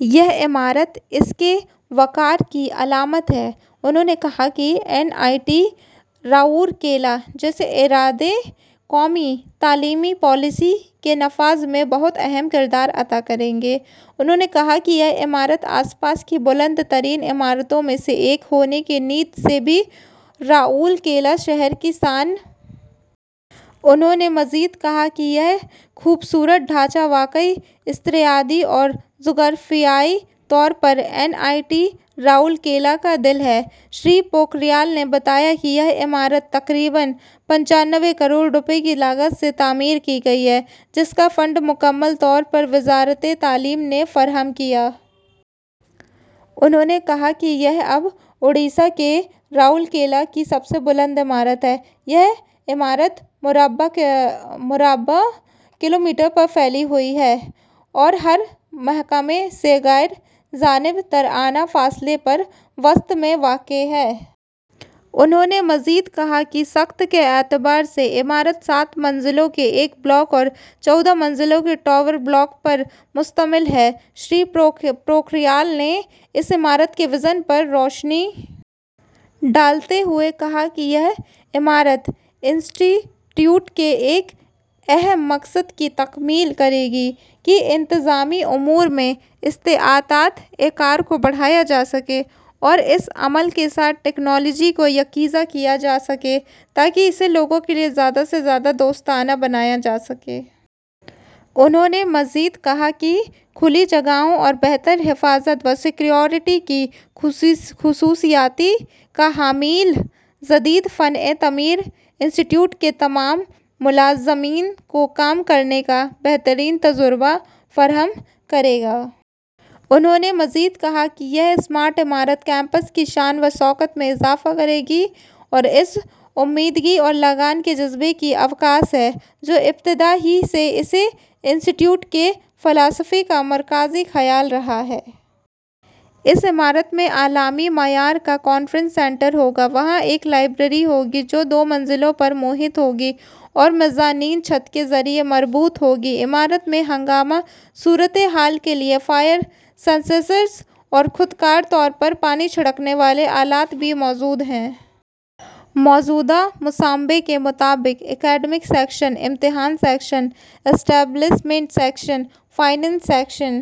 یہ عمارت اس کے وقار کی علامت ہے۔ انہوں نے کہا کہ این آئی ٹی رورکیلا جیسے ادارے قومی تعلیمی پالیسی کے نفاذ میں بہت اہم کردار ادا کریں گے۔ انہوں نے کہا کہ یہ عمارت آس پاس کی بلند ترین عمارتوں میں سے ایک ہونے کی حیثیت سے بھی رورکیلا شہر کی شان میں اضافہ کرتی ہے، جس پر پورے این آئی ٹی رورکیلا خاندان کو ناز ہے۔ انہوں نے مزید کہا کہ یہ خوبصورت ڈھانچہ واقعی استعاراتی اور جغرافیائی طور پر ’این آئی ٹی رورکیلا کا دل‘ ہے۔ شری پوکھریال نے بتایا کہ یہ عمارت تقریباً پچانوے کروڑ روپے کی لاگت سے تعمیر کی گئی ہے، جس کا فنڈ مکمل طور پر وزارت تعلیم نے فراہم کیا ہے۔ انہوں نے کہا کہ یہ اب اوڈیشہ کے رورکیلا کی سب سے بلند عمارت ہے۔ یہ عمارت مربع کلومیٹر پر پھیلی ہوئی ہے اور ہر محکمہ سے غیر جانب دارانہ فاصلے پر، وسط میں واقع ہے۔ انہوں نے مزید کہا کہ ساخت کے اعتبار سے عمارت سات منزلوں کے ایک بلاک اور چودہ منزلوں کے ٹاور بلاک پر مشتمل ہے۔ شری پوکھریال نے اس عمارت کے وژن پر روشنی ڈالتے ہوئے کہا کہ یہ عمارت انسٹی ٹیوٹ کے ایک اہم مقصد کی تکمیل کرے گی کہ انتظامی امور میں استعدادِ کار کو بڑھایا جا سکے اور اس عمل کے ساتھ ٹیکنالوجی کو یکجا کیا جا سکے تاکہ اسے لوگوں کے لیے زیادہ سے زیادہ دوستانہ بنایا جا سکے۔ انہوں نے مزید کہا کہ کھلی جگہوں اور بہتر حفاظت و سیکیورٹی کی خصوصیات کا حامل جدید فنِ تعمیر انسٹی ٹیوٹ کے تمام ملازمین کو کام کرنے کا بہترین تجربہ فراہم کرے گا۔ انہوں نے مزید کہا کہ یہ اسمارٹ عمارت کیمپس کی شان و شوکت میں اضافہ کرے گی، جو اس عمدگی اور لگن کے جذبے کی عکاس ہے جو ابتدا ہی سے اس انسٹی ٹیوٹ کے فلسفے کا مرکزی خیال رہا ہے۔ اس عمارت میں عالمی معیار کا کانفرنس سینٹر ہوگا۔ وہاں ایک لائبریری ہوگی جو دو منزلوں پر محیط ہوگی اور میزانین چھت کے ذریعے مربوط ہوگی۔ عمارت میں ہنگامی صورتحال کے لیے فائر سینسرز اور خودکار طور پر پانی چھڑکنے والے آلات بھی موجود ہیں۔ موجودہ منصوبے کے مطابق اکیڈمک سیکشن، امتحان section, establishment section, finance section,